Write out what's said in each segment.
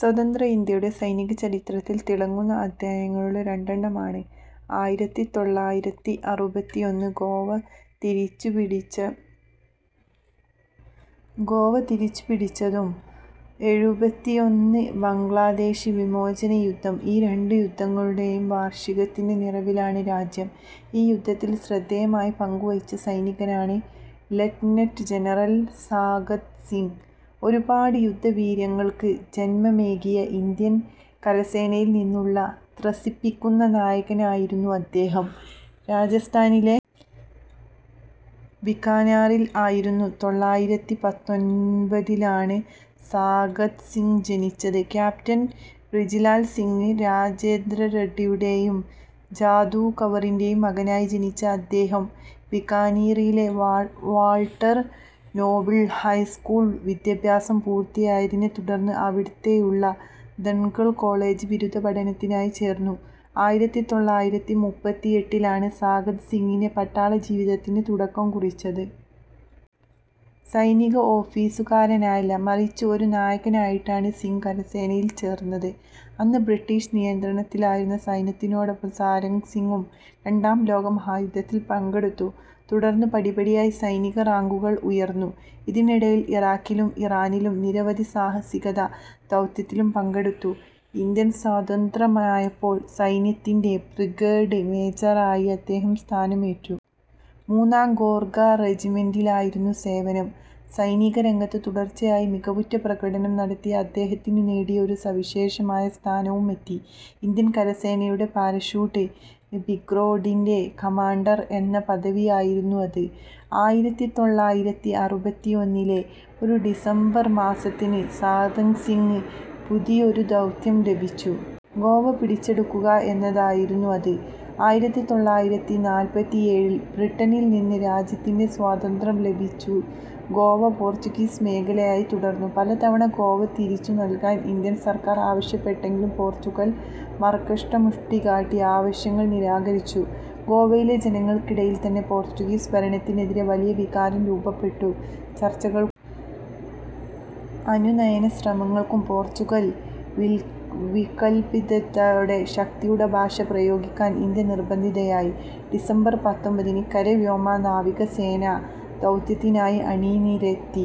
സ്വതന്ത്ര ഇന്ത്യയുടെ സൈനിക ചരിത്രത്തിലെ തിളങ്ങുന്ന അധ്യായങ്ങളിൽ രണ്ടെണ്ണമാണ് ആയിരത്തി തൊള്ളായിരത്തി അറുപത്തിയൊന്നിൽ ഗോവ തിരിച്ചുപിടിച്ചതും ആയിരത്തി തൊള്ളായിരത്തി എഴുപത്തിയൊന്നിലെ ബംഗ്ലാദേശ് വിമോചനയുദ്ധവും. ഈ രണ്ടു യുദ്ധങ്ങളുടെയും വാർഷികങ്ങളുടെ നിറവിലാണ് രാജ്യം. ഈ യുദ്ധങ്ങളിൽ ശ്രദ്ധേയമായ പങ്കുവഹിച്ച സൈനികനാണ് ലഫ്റ്റനന്റ് ജനറൽ സാഗത് സിങ്. ഒരുപാട് യുദ്ധവീരന്മാർക്ക് ജന്മമേകിയ ഇന്ത്യൻ കരസേനയിൽ നിന്നുള്ള ത്രസിപ്പിക്കുന്ന നായകനായിരുന്നു അദ്ദേഹം. രാജസ്ഥാനിലെ ബിക്കാനീറിൽ ആയിരത്തി തൊള്ളായിരത്തി പത്തൊൻപതിലാണ് സാഗത് സിങ് ജനിച്ചത്. ക്യാപ്റ്റൻ ബ്രിജിലാൽ സിങ് രാത്തോഡിന്റെയും ജാദൂ കൻവറിന്റെയും മകനായി ജനിച്ച അദ്ദേഹം ബിക്കാനീറിലെ വാൾട്ടർ നോബിൾസ് ഹൈസ്കൂളിൽ വിദ്യാഭ്യാസം പൂർത്തിയാക്കി. തുടർന്ന് അവിടെത്തന്നെയുള്ള ദുംഗർ കോളേജിൽ ബിരുദപഠനത്തിനായി ചേർന്നു. ആയിരത്തി തൊള്ളായിരത്തി മുപ്പത്തിയെട്ടിലാണ് സാഗത് സിങ്ങിന്റെ പട്ടാളജീവിതത്തിന് തുടക്കം കുറിച്ചത്. സൈനിക ഓഫീസറായല്ല മറിച്ച് ഒരു നായിക്കായിട്ടാണ് സിങ് കരസേനയിൽ ചേർന്നത്. അന്ന് ബ്രിട്ടീഷ് നിയന്ത്രണത്തിലായിരുന്ന സൈന്യത്തിനൊപ്പം സാഗത് സിങ്ങും രണ്ടാം ലോകമഹായുദ്ധത്തിൽ പങ്കെടുത്തു. തുടർന്ന് പടിപടിയായി സൈനിക റാങ്കുകളിൽ ഉയർന്നു. ഇതിനിടയിൽ ഇറാഖിലും ഇറാനിലും നിരവധി സാഹസിക ദൗത്യങ്ങളിലും പങ്കെടുത്തു. ഇന്ത്യ സ്വതന്ത്രമായപ്പോൾ സൈന്യത്തിൽ ബ്രിഗേഡ് മേജറായി അദ്ദേഹം സ്ഥാനമേറ്റു. മൂന്നാം ഗോർഖ റെജിമെന്റിലായിരുന്നു സേവനം. സൈനികരംഗത്ത് തുടർച്ചയായി മികവുറ്റ പ്രകടനങ്ങൾ നടത്തിയ അദ്ദേഹത്തെ തേടി ഒരു സവിശേഷമായ സ്ഥാനവും എത്തി. ഇന്ത്യൻ കരസേനയുടെ പാരഷൂട്ട് ബ്രിഗേഡിന്റെ കമാൻഡർ എന്ന പദവിയായിരുന്നു അത്. ആയിരത്തി തൊള്ളായിരത്തി അറുപത്തിയൊന്നിലെ ഒരു ഡിസംബർ മാസത്തിൽ സാഗത് സിങ്ങിന് പുതിയൊരു ദൗത്യം ലഭിച്ചു. ഗോവ പിടിച്ചടക്കുക എന്നതായിരുന്നു അത്. ആയിരത്തി തൊള്ളായിരത്തി നാല്പത്തിയേഴിൽ ബ്രിട്ടനിൽ നിന്ന് രാജ്യത്തിന് സ്വാതന്ത്ര്യം ലഭിച്ചെങ്കിലും ഗോവ പോർച്ചുഗീസ് മേഖലയായി തുടർന്നു. പലതവണ ഗോവ തിരിച്ചുനൽകാൻ ഇന്ത്യൻ സർക്കാർ ആവശ്യപ്പെട്ടെങ്കിലും പോർച്ചുഗൽ മർക്കടമുഷ്ടി കാട്ടി ആവശ്യം നിരാകരിച്ചു. ഗോവയിലെ ജനങ്ങൾക്കിടയിൽ തന്നെ പോർച്ചുഗീസ് ഭരണത്തിനെതിരെ വലിയ വികാരം രൂപപ്പെട്ടു. ചർച്ചകൾക്കും അനുനയശ്രമങ്ങൾക്കും പോർച്ചുഗൽ വിലകൽപിക്കാതായതോടെ ശക്തിയുടെ ഭാഷ പ്രയോഗിക്കാൻ ഇന്ത്യ നിർബന്ധിതയായി. ഡിസംബർ പത്തൊൻപതിന് കര, വ്യോമ, നാവിക സേനകളെ ദൗത്യത്തിനായി അണിനിരത്തി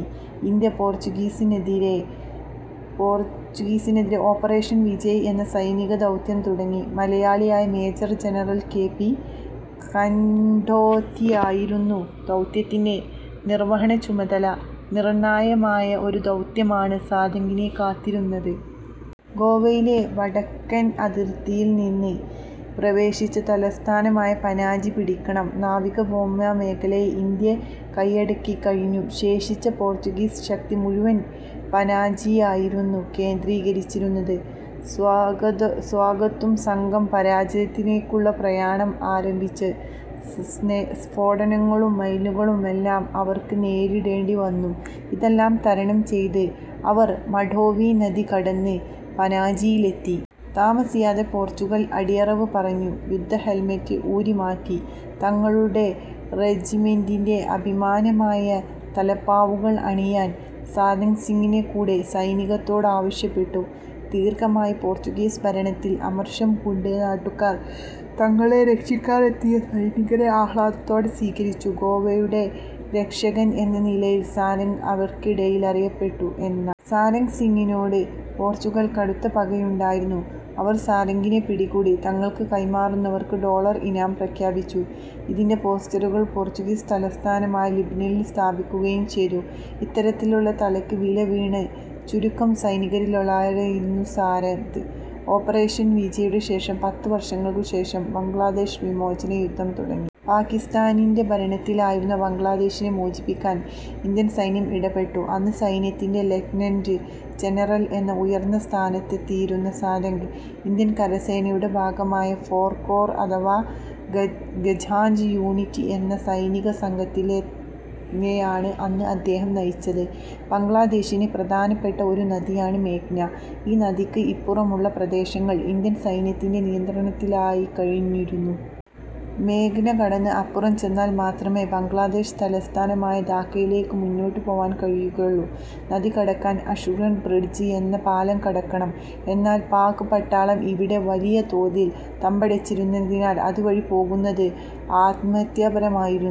ഇന്ത്യ പോർച്ചുഗലിനെതിരെ ഓപ്പറേഷൻ വിജയ് എന്ന സൈനികദൗത്യം തുടങ്ങി. മലയാളിയായ മേജർ ജനറൽ കെ. പി. കാൻഡേത്തിനായിരുന്നു ദൗത്യത്തിന്റെ നിർവഹണചുമതല. നിർണായകമായ ഒരു ദൗത്യമാണ് സാഗത്തിനെ കാത്തിരുന്നത്. ഗോവയുടെ വടക്കൻ അതിർത്തിയിൽ നിന്ന് പ്രവേശിച്ച് തലസ്ഥാനമായ പനാജി പിടിക്കണം. നാവിക, വ്യോമ മേഖലകൾ ഇന്ത്യ കൈയടക്കിക്കഴിഞ്ഞിരുന്നു. ശേഷിച്ച പോർച്ചുഗീസ് ശക്തി മുഴുവൻ പനാജിയിലായിരുന്നു കേന്ദ്രീകരിച്ചിരുന്നത്. സാഗത്തും സംഘവും പനാജിയിലേക്കുള്ള പ്രയാണം ആരംഭിച്ചു. സ്ഫോടനങ്ങളും മൈനുകളുമെല്ലാം അവർക്ക് നേരിടേണ്ടിവന്നു. ഇതെല്ലാം തരണം ചെയ്ത് അവർ മണ്ഡോവി നദി കടന്ന് പനാജിയിലെത്തി. താമസിയാതെ പോർച്ചുഗൽ അടിയറവ് പറഞ്ഞു. യുദ്ധ ഹെൽമെറ്റുകൾ ഊരിമാറ്റി തങ്ങളുടെ റെജിമെന്റിന്റെ അഭിമാനമായ തലപ്പാവുകൾ അണിയാൻ സാഗത് സിങ് കൂടെയുള്ള സൈനികരോട് ആവശ്യപ്പെട്ടു. ദീർഘകാലമായി പോർച്ചുഗീസ് ഭരണത്തിൽ അമർഷം പൂണ്ടിരുന്ന നാട്ടുകാർ തങ്ങളെ രക്ഷിക്കാനെത്തിയ സൈനികരെ ആഹ്ലാദത്തോടെ സ്വീകരിച്ചു. ഗോവയുടെ രക്ഷകൻ എന്ന നിലയിൽ സാഗത് അവർക്കിടയിൽ അറിയപ്പെട്ടു. എന്നാൽ സാഗത് സിങ്ങിനോട് പോർച്ചുഗലിന് കടുത്ത പകയുണ്ടായിരുന്നു. അവർ സാഗത്തിനെ പിടികൂടി തങ്ങൾക്ക് കൈമാറുന്നവർക്ക് ഡോളർ ഇനാം പ്രഖ്യാപിക്കുകയും ഇതിന്റെ പോസ്റ്ററുകൾ പോർച്ചുഗീസ് തലസ്ഥാനമായ ലിസ്ബണിൽ സ്ഥാപിക്കുകയും ചെയ്തു. ഇത്തരത്തിൽ തലയ്ക്ക് വില വീണ ചുരുക്കം സൈനികരിലൊരാളായിരുന്നു സാഗത്. ഓപ്പറേഷൻ വിജയിന് ശേഷം പത്ത് വർഷങ്ങൾക്കു ശേഷം ബംഗ്ലാദേശ് വിമോചനയുദ്ധം തുടങ്ങി. പാക്കിസ്ഥാന്റെ ഭരണത്തിലായിരുന്ന ബംഗ്ലാദേശിനെ മോചിപ്പിക്കാൻ ഇന്ത്യൻ സൈന്യം ഇടപെട്ടു. അന്ന് സൈന്യത്തിൽ ലഫ്റ്റനന്റ് ജനറൽ എന്ന ഉയർന്ന സ്ഥാനത്തെത്തിയിരുന്നു സാഗത്. ഇന്ത്യൻ കരസേനയുടെ ഭാഗമായ ഫോർ കോർ അഥവാ ഗജ്രാജ് യൂണിറ്റ് എന്ന സൈനികസംഘത്തെയാണ് അന്ന് അദ്ദേഹം നയിച്ചിരുന്നത്. ബംഗ്ലാദേശിലെ പ്രധാനപ്പെട്ട ഒരു നദിയാണ് മേഘ്ന. ഈ നദിക്ക് ഇപ്പുറമുള്ള പ്രദേശങ്ങൾ ഇന്ത്യൻ സൈന്യത്തിന്റെ നിയന്ത്രണത്തിലായിക്കഴിഞ്ഞിരുന്നു. മേഘ്ന കടന്ന് അപ്പുറം ചെന്നാൽ മാത്രമേ ബംഗ്ലാദേശ് തലസ്ഥാനമായ ധാക്കയിലേക്ക് മുന്നേറാൻ കഴിയുമായിരുന്നുള്ളൂ. നദി കടക്കാൻ അശുഗഞ്ച് ബ്രിഡ്ജ് എന്ന പാലം കടക്കണം. എന്നാൽ പാക് പട്ടാളം ഇവിടെ വലിയ തോതിൽ തമ്പടിച്ചിരുന്നതിനാൽ അതുവഴി പോകുന്നത് ആത്മഹത്യാപരമായിരു.